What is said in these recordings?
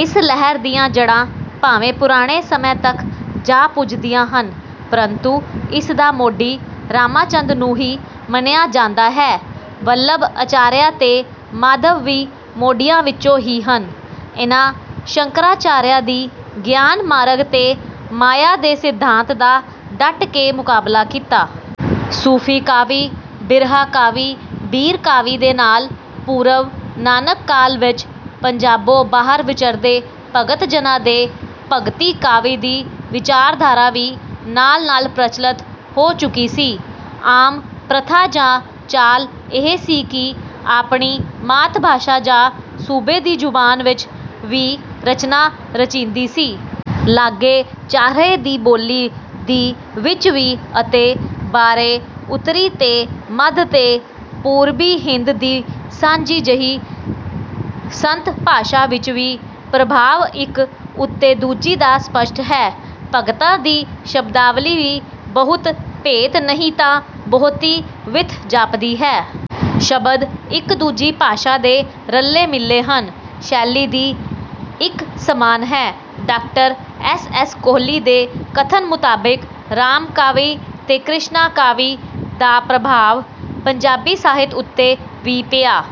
ਇਸ ਲਹਿਰ ਦੀਆਂ ਜੜ੍ਹਾਂ ਭਾਵੇਂ ਪੁਰਾਣੇ ਸਮੇਂ ਤੱਕ ਜਾ ਪੁੱਜਦੀਆਂ ਹਨ। ਪ੍ਰੰਤੂ ਇਸ ਦਾ ਮੋਢੀ ਰਾਮਾਚੰਦ ਨੂੰ ਹੀ ਮੰਨਿਆ ਜਾਂਦਾ ਹੈ। ਵਲਭ ਅਚਾਰੀਆ ਤੇ ਮਾਧਵ ਵੀ ਮੋਢੀਆਂ ਵਿੱਚੋਂ ਹੀ ਹਨ। ਇਨ੍ਹਾਂ ਸ਼ੰਕਰਾਚਾਰੀਆ ਦੀ ਗਿਆਨ ਮਾਰਗ ਤੇ ਮਾਇਆ ਦੇ ਸਿਧਾਂਤ ਦਾ ਡੱਟ ਕੇ ਮੁਕਾਬਲਾ ਕੀਤਾ। ਸੂਫੀ ਕਾਵਿ ਬ੍ਰਿਹਾ ਕਾਵਿ ਬੀਰ ਕਾਵਿ ਦੇ ਨਾਲ ਪੂਰਵ ਨਾਨਕ ਕਾਲ ਵਿੱਚ ਪੰਜਾਬੋਂ ਬਾਹਰ ਵਿਚਰਦੇ ਭਾਗਤ ਜਨਾਂ ਦੇ ਭਗਤੀ ਕਾਵਿ ਦੀ ਵਿਚਾਰਧਾਰਾ ਵੀ ਨਾਲ ਨਾਲ ਪ੍ਰਚੱਲਤ ਹੋ ਚੁੱਕੀ ਸੀ। ਆਮ ਪ੍ਰਥਾ ਜਾਂ ਚਾਲ ਇਹ ਸੀ ਕਿ ਆਪਣੀ ਮਾਤ ਭਾਸ਼ਾ ਜਾਂ ਸੂਬੇ ਦੀ ਜ਼ੁਬਾਨ ਵਿੱਚ ਵੀ ਰਚਨਾ ਰਚੀਂਦੀ ਸੀ। ਲਾਗੇ ਚਾਰਹੇ ਦੀ ਬੋਲੀ ਦੀ ਵਿੱਚ ਵੀ ਅਤੇ ਬਾਰੇ ਉੱਤਰੀ ਤੇ ਮੱਧ ਤੇ ਪੂਰਬੀ ਹਿੰਦ ਦੀ ਸਾਂਝੀ ਜਹੀ ਸੰਤ ਭਾਸ਼ਾ ਵਿੱਚ ਵੀ। ਪ੍ਰਭਾਵ ਇੱਕ ਉੱਤੇ ਦੂਜੀ ਦਾ ਸਪੱਸ਼ਟ ਹੈ। ਭਗਤਾਂ ਦੀ ਸ਼ਬਦਾਵਲੀ ਵੀ ਬਹੁਤ ਭੇਤ ਨਹੀਂ ਨਾ ਬਹੁਤੀ ਵਿੱਥ ਜਾਪਦੀ ਹੈ। ਸ਼ਬਦ ਇੱਕ ਦੂਜੀ ਭਾਸ਼ਾ ਦੇ ਰਲੇ ਮਿਲਦੇ ਹਨ। ਸ਼ੈਲੀ ਦੀ ਇੱਕ ਸਮਾਨ ਹੈ। ਡਾਕਟਰ ਐਸ ਐਸ ਕੋਹਲੀ ਦੇ ਕਥਨ ਮੁਤਾਬਿਕ ਰਾਮ ਕਾਵਿ ਤੇ ਕਿਸ਼ਨਾ ਕਾਵਿ ਦਾ ਪ੍ਰਭਾਵ ਪੰਜਾਬੀ ਸਾਹਿਤ ਉੱਤੇ ਵੀ ਪਿਆ।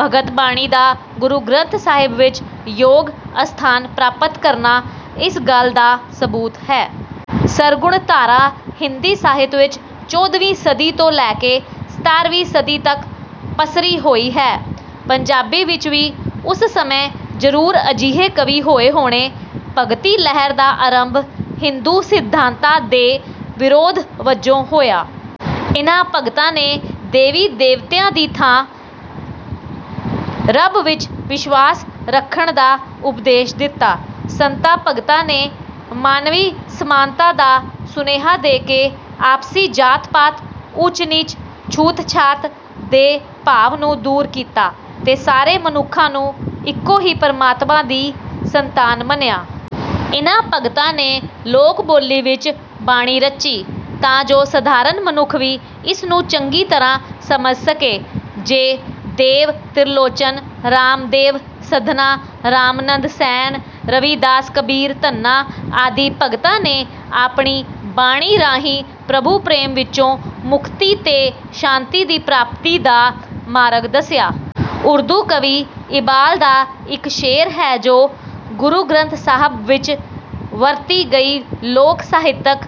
ਭਗਤ ਬਾਣੀ ਦਾ ਗੁਰੂ ਗ੍ਰੰਥ ਸਾਹਿਬ ਵਿੱਚ ਯੋਗ ਅਸਥਾਨ ਪ੍ਰਾਪਤ ਕਰਨਾ ਇਸ ਗੱਲ ਦਾ ਸਬੂਤ ਹੈ। ਸਰਗੁਣ ਧਾਰਾ ਹਿੰਦੀ ਸਾਹਿਤ ਵਿੱਚ ਚੌਧਵੀਂ ਸਦੀ ਤੋਂ ਲੈ ਕੇ ਸਤਾਰਵੀਂ ਸਦੀ ਤੱਕ ਪਸਰੀ ਹੋਈ ਹੈ। ਪੰਜਾਬੀ ਵਿੱਚ ਵੀ ਉਸ ਸਮੇਂ ਜਰੂਰ ਅਜਿਹੇ ਕਵੀ ਹੋਏ ਹੋਣੇ। ਭਗਤੀ ਲਹਿਰ ਦਾ ਆਰੰਭ ਹਿੰਦੂ ਸਿਧਾਂਤਾਂ ਦੇ ਵਿਰੋਧ ਵਜੋਂ ਹੋਇਆ। ਇਹਨਾਂ ਭਗਤਾਂ ਨੇ ਦੇਵੀ ਦੇਵਤਿਆਂ ਦੀ ਥਾਂ ਰੱਬ ਵਿੱਚ ਵਿਸ਼ਵਾਸ ਰੱਖਣ ਦਾ ਉਪਦੇਸ਼ ਦਿੱਤਾ। ਸੰਤਾਂ ਭਗਤਾਂ ਨੇ ਮਾਨਵੀ ਸਮਾਨਤਾ ਦਾ ਸੁਨੇਹਾ ਦੇ ਕੇ ਆਪਸੀ ਜਾਤ ਪਾਤ ਊਚ ਨੀਚ ਛੂਤ ਛਾਤ ਦੇ ਭਾਵ ਨੂੰ ਦੂਰ ਕੀਤਾ ਤੇ ਸਾਰੇ ਮਨੁੱਖਾਂ ਨੂੰ ਇੱਕੋ ਹੀ ਪ੍ਰਮਾਤਮਾ ਦੀ ਸੰਤਾਨ ਮੰਨਿਆ। ਇਹਨਾਂ ਭਗਤਾਂ ਨੇ ਲੋਕ ਬੋਲੀ ਵਿੱਚ ਬਾਣੀ ਰਚੀ ਤਾਂ ਜੋ ਸਧਾਰਨ ਮਨੁੱਖ ਵੀ ਇਸ ਨੂੰ ਚੰਗੀ ਤਰ੍ਹਾਂ ਸਮਝ ਸਕੇ। ਜੈ ਦੇਵ ਤ੍ਰਿਲੋਚਨ ਰਾਮਦੇਵ ਸਧਨਾ ਰਾਮਾਨੰਦ ਸੈਣ ਰਵੀਦਾਸ ਕਬੀਰ ਧੰਨਾ ਆਦਿ ਭਗਤਾਂ ਨੇ ਆਪਣੀ ਬਾਣੀ ਰਾਹੀਂ ਪ੍ਰਭੂ ਪ੍ਰੇਮ ਵਿੱਚੋਂ ਮੁਕਤੀ ਤੇ ਸ਼ਾਂਤੀ ਦੀ ਪ੍ਰਾਪਤੀ ਦਾ ਮਾਰਗ ਦੱਸਿਆ। ਉਰਦੂ ਕਵੀ ਇਬਾਲ ਦਾ ਇੱਕ ਸ਼ੇਅਰ ਹੈ ਜੋ। ਗੁਰੂ ਗ੍ਰੰਥ ਸਾਹਿਬ ਵਿੱਚ ਵਰਤੀ ਗਈ ਲੋਕ ਸਾਹਿਤਿਕ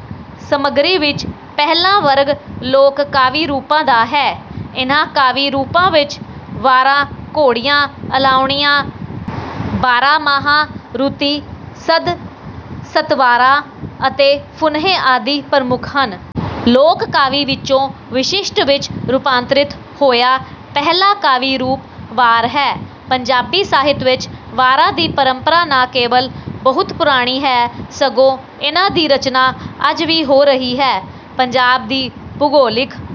ਸਮੱਗਰੀ ਵਿੱਚ ਪਹਿਲਾ ਵਰਗ ਲੋਕ ਕਾਵਿ ਰੂਪਾਂ ਦਾ ਹੈ। ਇਹਨਾਂ ਕਾਵਿ ਰੂਪਾਂ ਵਿੱਚ ਵਾਰਾਂ ਘੋੜੀਆਂ ਅਲਾਹੁਣੀਆਂ ਬਾਰਾਮਾਹ ਰੁੱਤੀ ਸੱਦ ਸਤਵਾਰਾ ਅਤੇ ਫੁਨਹੇ ਆਦਿ ਪ੍ਰਮੁੱਖ ਹਨ। ਲੋਕ ਕਾਵਿ ਵਿੱਚੋਂ ਵਿਸ਼ਸ਼ਿਟ ਵਿੱਚ ਰੂਪਾਂਤਰਿਤ ਹੋਇਆ ਪਹਿਲਾ ਕਾਵਿ ਰੂਪ ਵਾਰ ਹੈ। ਪੰਜਾਬੀ ਸਾਹਿਤ ਵਿੱਚ ਵਾਰਾਂ ਦੀ ਪਰੰਪਰਾ ਨਾ ਕੇਵਲ ਬਹੁਤ ਪੁਰਾਣੀ ਹੈ ਸਗੋਂ ਇਹਨਾਂ ਦੀ ਰਚਨਾ ਅੱਜ ਵੀ ਹੋ ਰਹੀ ਹੈ। ਪੰਜਾਬ ਦੀ ਭੂਗੋਲਿਕ।